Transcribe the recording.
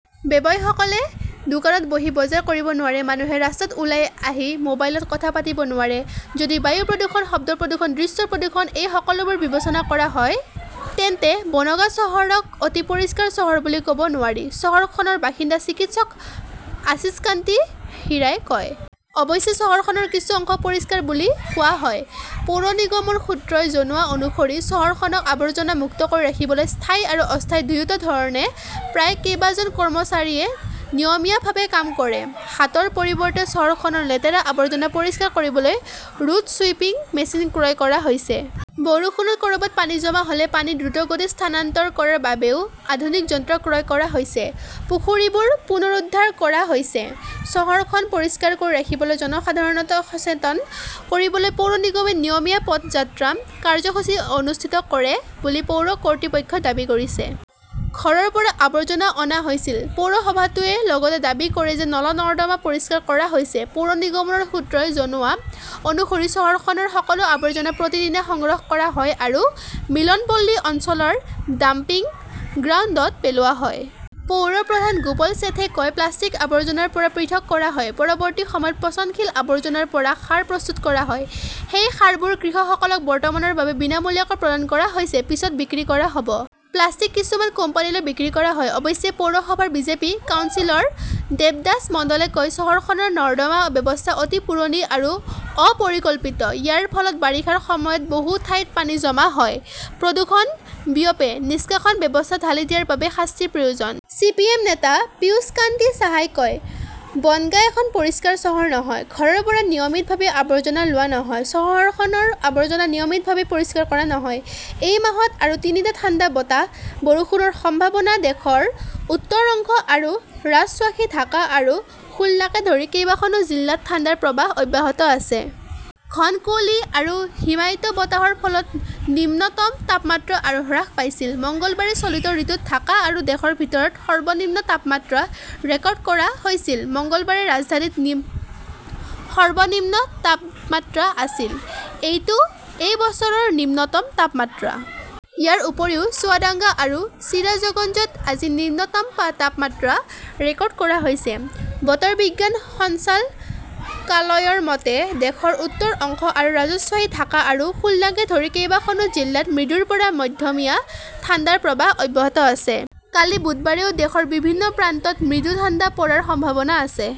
ব্যৱসায়ীসকলে দোকানত বহি বজাৰ কৰিব নোৱাৰে। মানুহে ৰাস্তাত ওলাই আহি মোবাইলত কথা পাতিব নোৱাৰে। যদি বায়ু প্ৰদূষণ, শব্দ প্ৰদূষণ, দৃশ্য প্ৰদূষণ- এই সকলোবোৰ বিবেচনা কৰা হয়, তেন্তে বনগাঁ চহৰক অতি পৰিষ্কাৰ চহৰ বুলি ক'ব নোৱাৰি ", চহৰখনৰ বাসিন্দা চিকিৎসক আশীশকান্তি হিৰাই কয়। অৱশ্যে চহৰখনৰ কিছু অংশ পৰিষ্কাৰ বুলি কোৱা হয়। পৌৰ নিগমৰ সূত্ৰই জনোৱা অনুসৰি চহৰখনক আৱৰ্জনা মুক্ত কৰি ৰাখিবলৈ স্থায়ী আৰু অস্থায়ী দুয়োটা ধৰণে প্ৰায় কেইবাজন কৰ্মচাৰীয়ে নিয়মীয়াভাৱে কাম কৰে। হাতৰ পৰিৱৰ্তে চহৰখনৰ লেতেৰা আৱৰ্জনা পৰিষ্কাৰ কৰিবলৈ ৰোড ছুইপিং মেচিন ক্ৰয় কৰা হৈছে। বৰষুণত ক'ৰবাত পানী জমা হ'লে পানী দ্ৰুতগতিত স্থানান্তৰ কৰাৰ বাবেও আধুনিক যন্ত্ৰ ক্ৰয় কৰা হৈছে। পুখুৰীবোৰ পুনৰুদ্ধাৰ কৰা হৈছে। চহৰখন পৰিষ্কাৰ কৰি ৰাখিবলৈ জনসাধাৰণক সচেতন কৰিবলৈ পৌৰ নিগমে নিয়মীয়া পদযাত্ৰা, কাৰ্যসূচী অনুষ্ঠিত কৰে বুলি পৌৰ কৰ্তৃপক্ষই দাবী কৰিছে। ঘৰৰ পৰা আৱৰ্জনা অনা হৈছিল। পৌৰসভাটোৱে লগতে দাবী কৰে যে নলা-নৰ্দমা পৰিষ্কাৰ কৰা হৈছে। পৌৰ নিগমৰ সূত্ৰই জনোৱা অনুসৰি চহৰখনৰ সকলো আৱৰ্জনা প্ৰতিদিনে সংগ্ৰহ কৰা হয় আৰু মিলনপল্লী অঞ্চলৰ ডাম্পিং গ্ৰাউণ্ডত পেলোৱা হয়। পৌৰ প্ৰধান গোপাল শেঠে কয়, "প্লাষ্টিক আবৰ্জনাৰ পৰা পৃথক কৰা হয়। পৰৱৰ্তী সময়ত পচনশীল আৱৰ্জনাৰ পৰা সাৰ প্ৰস্তুত কৰা হয়। সেই সাৰবোৰ কৃষকসকলক বৰ্তমানৰ বাবে বিনামূলীয়াকৈ প্ৰদান কৰা হৈছে। পিছত বিক্ৰী কৰা হ'ব। প্লাষ্টিক কিছুমান কোম্পানীলৈ বিক্ৰী কৰা হয়।" অৱশ্যে, পৌৰসভাৰ বিজেপি কাউন্সিলৰ দেৱদাস মণ্ডলে কয়", চহৰখনৰ নৰ্দমা ব্যৱস্থা অতি পুৰণি আৰু অপৰিকল্পিত। ইয়াৰ ফলত বাৰিষাৰ সময়ত বহু ঠাইত পানী জমা হয়, প্ৰদূষণ বিয়পে। নিষ্কাশন ব্যৱস্থা ঢালি দিয়াৰ বাবে শাস্তিৰ প্ৰয়োজন। চি. পি. এম. নেতা পীয়ুষকান্তী চাহাই কয়, "বনগাঁ এখন পৰিষ্কাৰ চহৰ নহয়। ঘৰৰ পৰা নিয়মিতভাৱে আৱৰ্জনা লোৱা নহয়। চহৰখনৰ আৱৰ্জনা নিয়মিতভাৱে পৰিষ্কাৰ কৰা নহয়। " এই মাহত আৰু তিনিটা ঠাণ্ডা বতাহ, বৰষুণৰ সম্ভাৱনা দেশৰ উত্তৰ অংশ আৰু ৰাজশ্বাহী, ঢাকা আৰু খুলনাকে ধৰি কেইবাখনো জিলাত ঠাণ্ডাৰ প্ৰৱাহ অব্যাহত আছে। ঘন কুঁৱলী আৰু হিমায়িত বতাহৰ ফলত নিম্নতম তাপমাত্ৰা আৰু হ্ৰাস পাইছিল। মঙলবাৰে চলিত ঋতুত ঢাকা আৰু দেশৰ ভিতৰত সৰ্বনিম্ন তাপমাত্ৰা ৰেকৰ্ড কৰা হৈছিল। মঙলবাৰে ৰাজধানীত সৰ্বনিম্ন তাপমাত্ৰা আছিল । এইটো এই বছৰৰ নিম্নতম তাপমাত্ৰা। ইয়াৰ উপৰিও চুৱাডাঙ্গা আৰু চিৰাজগঞ্জত আজি নিম্নতম তাপমাত্ৰা ৰেকৰ্ড কৰা হৈছে। বতৰ বিজ্ঞান সঞ্চালকালয়ৰ মতে, দেশৰ উত্তৰ অংশ আৰু ৰাজশ্বাহী, ঢাকা আৰু খুলনাকে ধৰি কেইবাখনো জিলাত মৃদুৰ পৰা মধ্যমীয়া ঠাণ্ডাৰ প্ৰৱাহ অব্যাহত আছে। কালি বুধবাৰেও দেশৰ বিভিন্ন প্ৰান্তত মৃদু ঠাণ্ডা পৰাৰ সম্ভাৱনা আছে